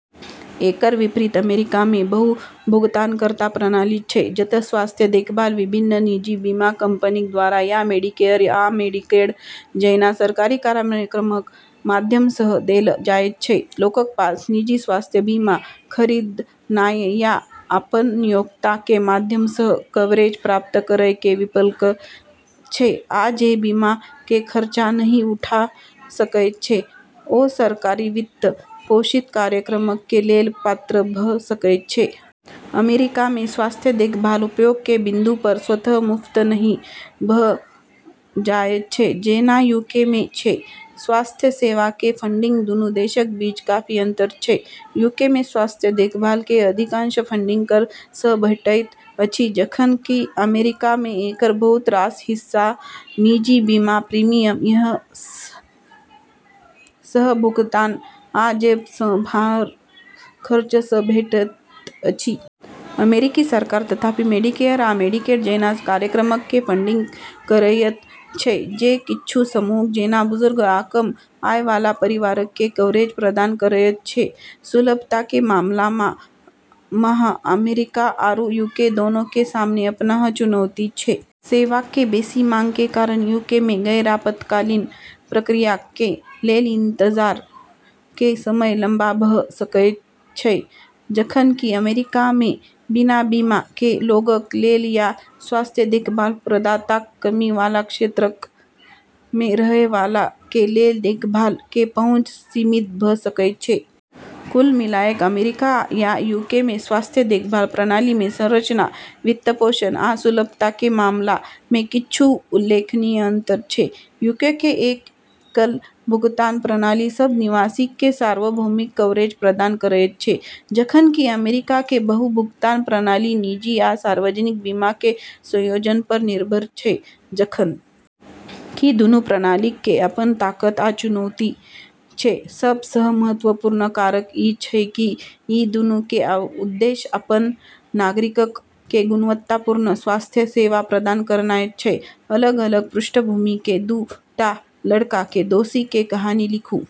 एकर विपरीत अमेरिका मे बहु-भुगतानकर्ता प्रणाली छै जत स्वास्थ्य देखभाल विभिन्न निजी बीमा कंपनीक द्वारा या मेडिकेयर आ मेडिकेड जैना सरकारी कार्यक्रमक माध्यम सऽ देल जायत छै ।लोकक पास निजी स्वास्थ्य बीमा खरीदनाय या अपन नियोक्ता के माध्यम सऽ कवरेज प्राप्त करय के विकल्प छै, आ जे बीमा के खर्चा नहि उठा सकय छै, ओ सरकारी वित्त पोषित कार्यक्रमक कें लेल पात्र भ सकय छै। अमेरिका मे स्वास्थ्य देखभाल उपयोग के बिंदु पर स्वतः मुफ्त नहि भ जायत छै जेना यूके मे छै ।स्वास्थ्य सेवा के फंडिंग दूनू देशक बीच काफी अंतर छै ।यूके में स्वास्थ्य देखभाल के अधिकांश फंडिंग कर सं भेटैत अछि, जखन कि अमेरिका मे एकर बहुत रास हिस्सा निजी बीमा प्रीमियम, सह-भुगतान, आ जेब सं बाहर खर्च सं भेटैत अछि । अमेरिकी सरकार, तथापि, मेडिकेयर आ मेडिकेड जैना कार्यक्रमक के फंडिंग करएयत छै, जे किच्छू समूहक जेना बुजुर्ग आ कम आय वाला परिवारक कें कवरेज प्रदान करएयत छै ।सुलभता के मामला मऽ अमेरिका आरू यूके दोनों के सामने अपनऽ चुनौती छै। सेवाक के बेसि मांग के कारण यूके मे गैर-आपातकालीन प्रक्रियाक कें लेल इंतजार के समय लंबा भऽ सकय छै, जखन कि अमेरिका मे बिना बीमा कें लोगक लेल या स्वास्थ्य देखभाल प्रदाताक कमी वाला क्षेत्रक मे रहय वाला के लेल देखभाल के पहुंच सीमित भ सकय छै । कुल मिलाकय, अमेरिका आ यूके मे स्वास्थ्य देखभाल प्रणाली मे संरचना, वित्तपोषण आ सुलभता के मामला मे किच्छू उल्लेखनीय अंतर छै । यूके के एकल-भुगतान प्रणाली सब निवासीक के सार्वभौमिक कवरेज प्रदान करयत छै, जखन कि अमेरिका के बहु-भुगतान प्रणाली निजी आ सार्वजनिक बीमा के संयोजन पर निर्भर छै ।जखन कि दूनू प्रणालीक के अपन ताकत आ चुनौती छै, सब सऽ महत्वपूर्ण कारक इ छै की इ दूनू के उद्देश्य अपन नागरिकक के गुणवत्तापूर्ण स्वास्थ्य सेवा प्रदान करनाय छै ।अलग-अलग पृष्ठभूमि के दू टा लड़का के दोस्ती के कहानी लिखू।